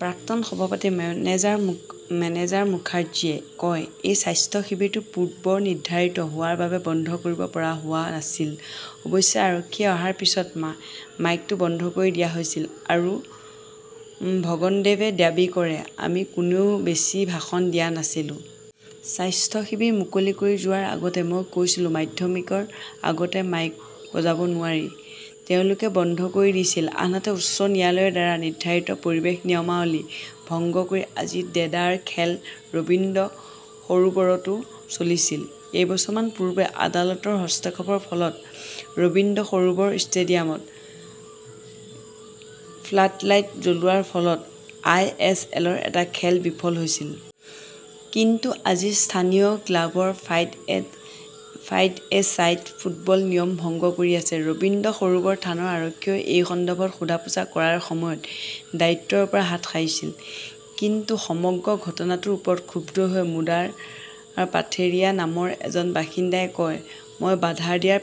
প্ৰাক্তন সভাপতি মেনেজাৰ মুখাৰ্জীয়ে কয়, এই স্বাস্থ্য শিবিৰটো পূৰ্ব নিৰ্ধাৰিত হোৱাৰ বাবে বন্ধ কৰিব পৰা হোৱা নাছিল। অৱশ্যে আৰক্ষীয়ে অহাৰ পিছত মাইকটো বন্ধ কৰি দিয়া হৈছিল। আৰু ভগনদেৱে দাবী কৰে, আমি কোনেও বেছি ভাষণ দিয়া নাছিলো। স্বাস্থ্য শিবিৰ মুকলি কৰি যোৱাৰ আগতে মই কৈছিলো, মাধ্যমিকৰ আগতে মাইক বজাব নোৱাৰি। তেওঁলোকে বন্ধ কৰি দিছিল। আনহাতে, উচ্চ ন্যায়ালয়ৰ দ্বাৰা নিৰ্ধাৰিত পৰিৱেশ নিয়মাৱলী ভংগ কৰি আজি দেদাৰ খেল ৰবীন্দ্ৰ সৰোবৰতো চলিছিল। কেইবছৰমান পূৰ্বে আদালতৰ হস্তক্ষেপৰ ফলত ৰবীন্দ্ৰ সৰোবৰ ষ্টেডিয়ামত ফ্লাডলাইট জ্বলোৱাৰ ফলত আই এছ এলৰ এটা খেল বিফল হৈছিল। কিন্তু আজি স্থানীয় ক্লাবৰ ফাইভ এ চাইড ফুটবল নিয়ম ভংগ কৰি আছে। ৰবীন্দ্ৰ সৰোবৰ থানাৰ আৰক্ষীয়েও এই সন্দৰ্ভত সোধা-পোছা কৰাৰ সময়ত দায়িত্বৰ পৰা হাত সাৰিছিল। কিন্তু সমগ্ৰ ঘটনাটোৰ ওপৰত ক্ষুব্ধ হৈ মুদাৰ পাথেৰিয়া নামৰ এজন বাসিন্দাই কয়, মই বাধা দিয়াৰ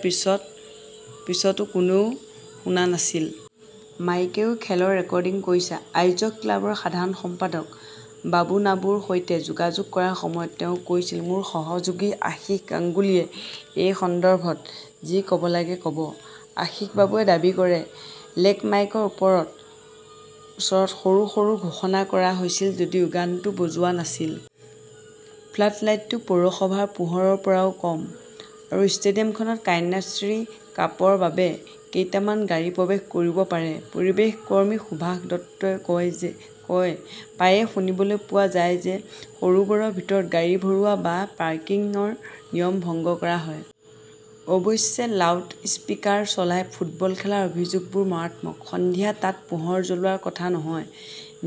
পিছতো কোনেও শুনা নাছিল। মাইকেও খেলৰ ৰেকৰ্ডিং কৰিছে। আয়োজক ক্লাবৰ সাধাৰণ সম্পাদক বাবুনাবুৰ সৈতে যোগাযোগ কৰাৰ সময়ত তেওঁ কৈছিল, মোৰ সহযোগী আশীষ গাংগুলীয়ে এই সন্দৰ্ভত যি ক'ব লাগে ক'ব। আশিসবাবুৱে দাবী কৰে, লেক মাইকৰ ওচৰত সৰু সৰু ঘোষণা কৰা হৈছিল যদিও গানটো বজোৱা নাছিল। ফ্লাডলাইটটো পৌৰসভাৰ পোহৰৰ পৰাও কম। আৰু ষ্টেডিয়ামখনত কন্যাশ্ৰী কাপৰ বাবে কেইটামান গাড়ী প্ৰৱেশ কৰিব পাৰে। পৰিৱেশ কৰ্মী সুভাষ দত্তই কয়, প্ৰায়ে শুনিবলৈ পোৱা যায় যে সৰোবৰৰ ভিতৰত গাড়ী ভৰোৱা বা পাৰ্কিংৰ নিয়ম ভংগ কৰা হয়। অৱশ্যে, লাউডস্পিকাৰ চলাই ফুটবল খেলাৰ অভিযোগবোৰ মাৰাত্মক। সন্ধিয়া তাত পোহৰ জ্বলোৱাৰ কথা নহয়।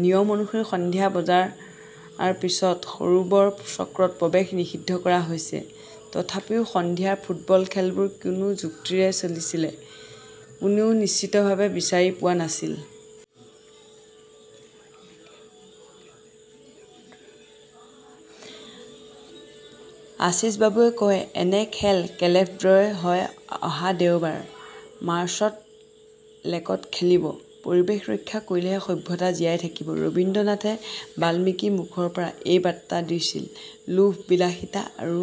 নিয়ম অনুসৰি সন্ধিয়া বজাৰ পিছত সৰোবৰ চক্ৰত প্ৰৱেশ নিষিদ্ধ কৰা হৈছে। তথাপিও সন্ধিয়াৰ ফুটবল খেলবোৰ কোনো যুক্তিৰে চলিছিল, কোনেও নিশ্চিতভাৱে বিচাৰি পোৱা নাছিল। আশীছবাবুৱে কয় এনে খেল কালেভদ্ৰেই হয় অহা দেওবাৰ, মাৰ্চত লেকত খেলিব। পৰিৱেশ ৰক্ষা কৰিলেহে সভ্যতা জীয়াই থাকিব, ৰবীন্দ্ৰনাথে বাল্মীকিৰ মুখৰ পৰা এটা বাৰ্তা দিছিল লোভ, বিলাসিতা আৰু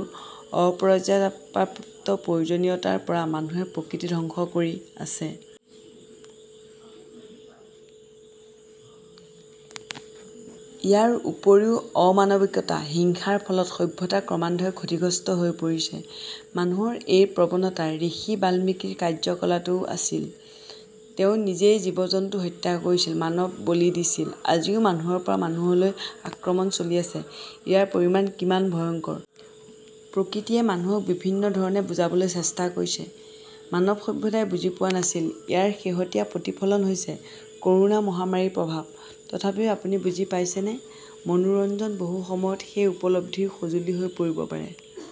অপৰ্যাপ্ত প্ৰয়োজনীয়তাৰ পৰা মানুহে প্ৰকৃতি ধ্বংস কৰি আছে। ইয়াৰ উপৰিও, অমানৱিকতা, হিংসাৰ ফলত সভ্যতা ক্ৰমান্বয়ে ক্ষতিগ্ৰস্ত হৈ পৰিছে। মানুহৰ এই প্ৰৱণতা ঋষি বাল্মীকিৰ কাৰ্যকালতও আছিল। তেওঁ নিজেই জীৱ-জন্তু হত্যা কৰিছিল, মানৱ বলি দিছিল। আজিও মানুহৰ পৰা মানুহলৈ আক্ৰমণ চলি আছে। ইয়াৰ পৰিণাম কিমান ভয়ংকৰ। প্ৰকৃতিয়ে মানুহক বিভিন্ন ধৰণে বুজাবলৈ চেষ্টা কৰিছে। মানৱ সভ্যতাই বুজি পোৱা নাছিল। ইয়াৰ শেহতীয়া প্ৰতিফলন হৈছে কৰোনা মহামাৰীৰ প্ৰভাৱ। তথাপিও আপুনি বুজি পাইছেনে? মনোৰঞ্জন বহু সময়ত সেই উপলব্ধিৰ সঁজুলি হৈ পৰিব পাৰে।